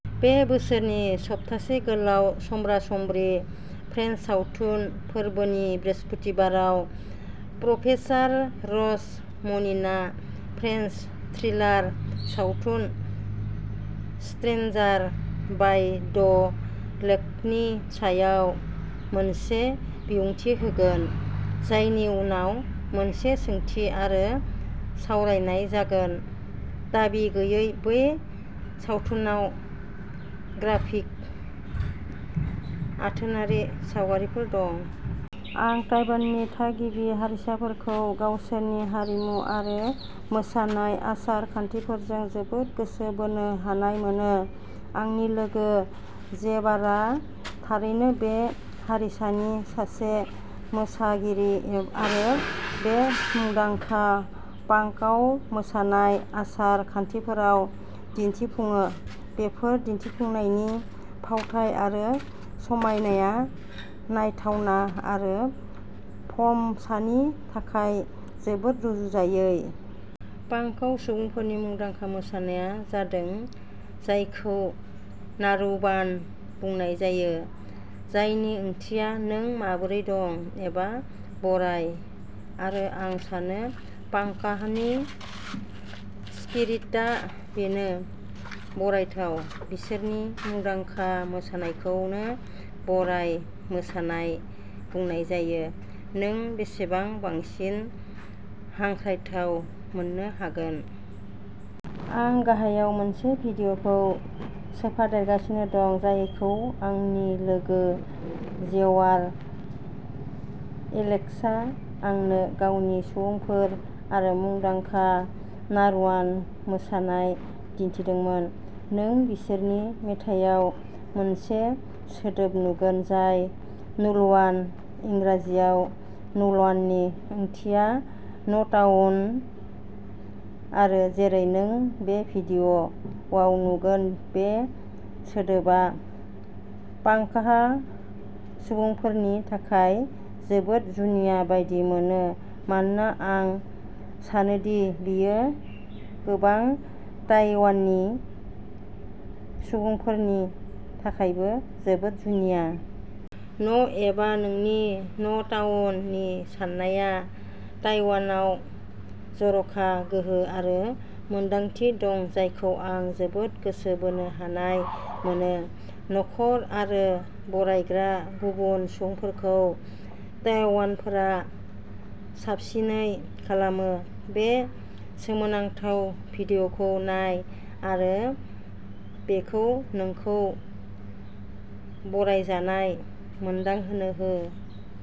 बे बोसोरनि सप्तासे गोलाव समब्रा-समब्रि फ्रेन्स सावथुन फोरबोनि बृहस्पतिबाराव, प्रफेसार रस मरिनआ फ्रेन्स थ्रिलार सावथुन, स्ट्रेन्जार बाय द लेकनि सायाव मोनसे बिबुंथि होगोन, जायनि उनाव मोनसे सोंथि आरो सावरायनाय जागोन। दाबि गैयैः बे सावथुनाव ग्राफिक आथोनारि सावगारिफोर दं। आं ताइवाननि थागिबि हारिसाफोरखौ गावसोरनि हारिमु आरो मोसानाय आसार-खान्थिफोरजों जोबोद गोसो बोनो हानाय मोनो। आंनि लोगो जेवारआ थारैनो बे हारिसानि सासे मोसागिरि आरो बे मुंदांखा पांकाउ मोसानाय आसार-खान्थिफोराव दिन्थिफुङो। बेफोर दिन्थिफुंनायनि फावथाइ आरो समायनाया नायथावना आरो फर्म'सानि थाखाय जोबोद रुजुजायै। पांकाउ सुबुंफोरनि मुंदांखा मोसानाया जादों जायखौ "नारुवान" बुंनाय जायो जायनि ओंथिया "नों माबोरै दं? " एबा "बराय"। आरो आं सानो पांकाहनि स्पिरिटआ बेनो, बरायथाव। बिसोरनि मुंदांखा मोसानायखौनो "बराय मोसानाय" बुंनाय जायो। नों बेसेबां बांसिन हांख्रायथाव मोन्नो हागोन? आं गाहायाव मोनसे भिडिअ'खौ सोफादेरगासिनो दं जायखौ आंनि लोगो जेवार एलेक्सआ आंनो गावनि सुबुंफोर आरो मुंदांखा "नारुवान मोसानाय" दिन्थिदोंमोन। नों बिसोरनि मेथाइयाव मोनसे सोदोब नुगोन जाय "नलुवान"। इंराजियाव नलुवाननि ओंथिया "न'टाउन" आरो जेरै नों बे भिडिअ'आव नुगोन बे सोदोबा पांकाह सुबुंफोरनि थाखाय जोबोद जुनिया बायदि मोनो मानोना आं सानोदि बेयो गोबां ताइवानी सुबुंफोरनि थाखायबो जोबोद जुनिया। "न'" एबा नोंनि "न'टाउन" नि साननाया ताइवानआव जर'खा गोहो आरो मोनदांथि दं जायखौ आं जोबोद गोसो बोनो हानाय मोनो। नखर आरो "बरायग्रा" गुबुन सुबुंफोरखौ ताइवानफोरा साबसिनै खालामो। बे सोमोनांथाव भिडिअ'खौ नाय आरो बेखौ नोंखौ "बरायजानाय" मोनदांहोनो हो।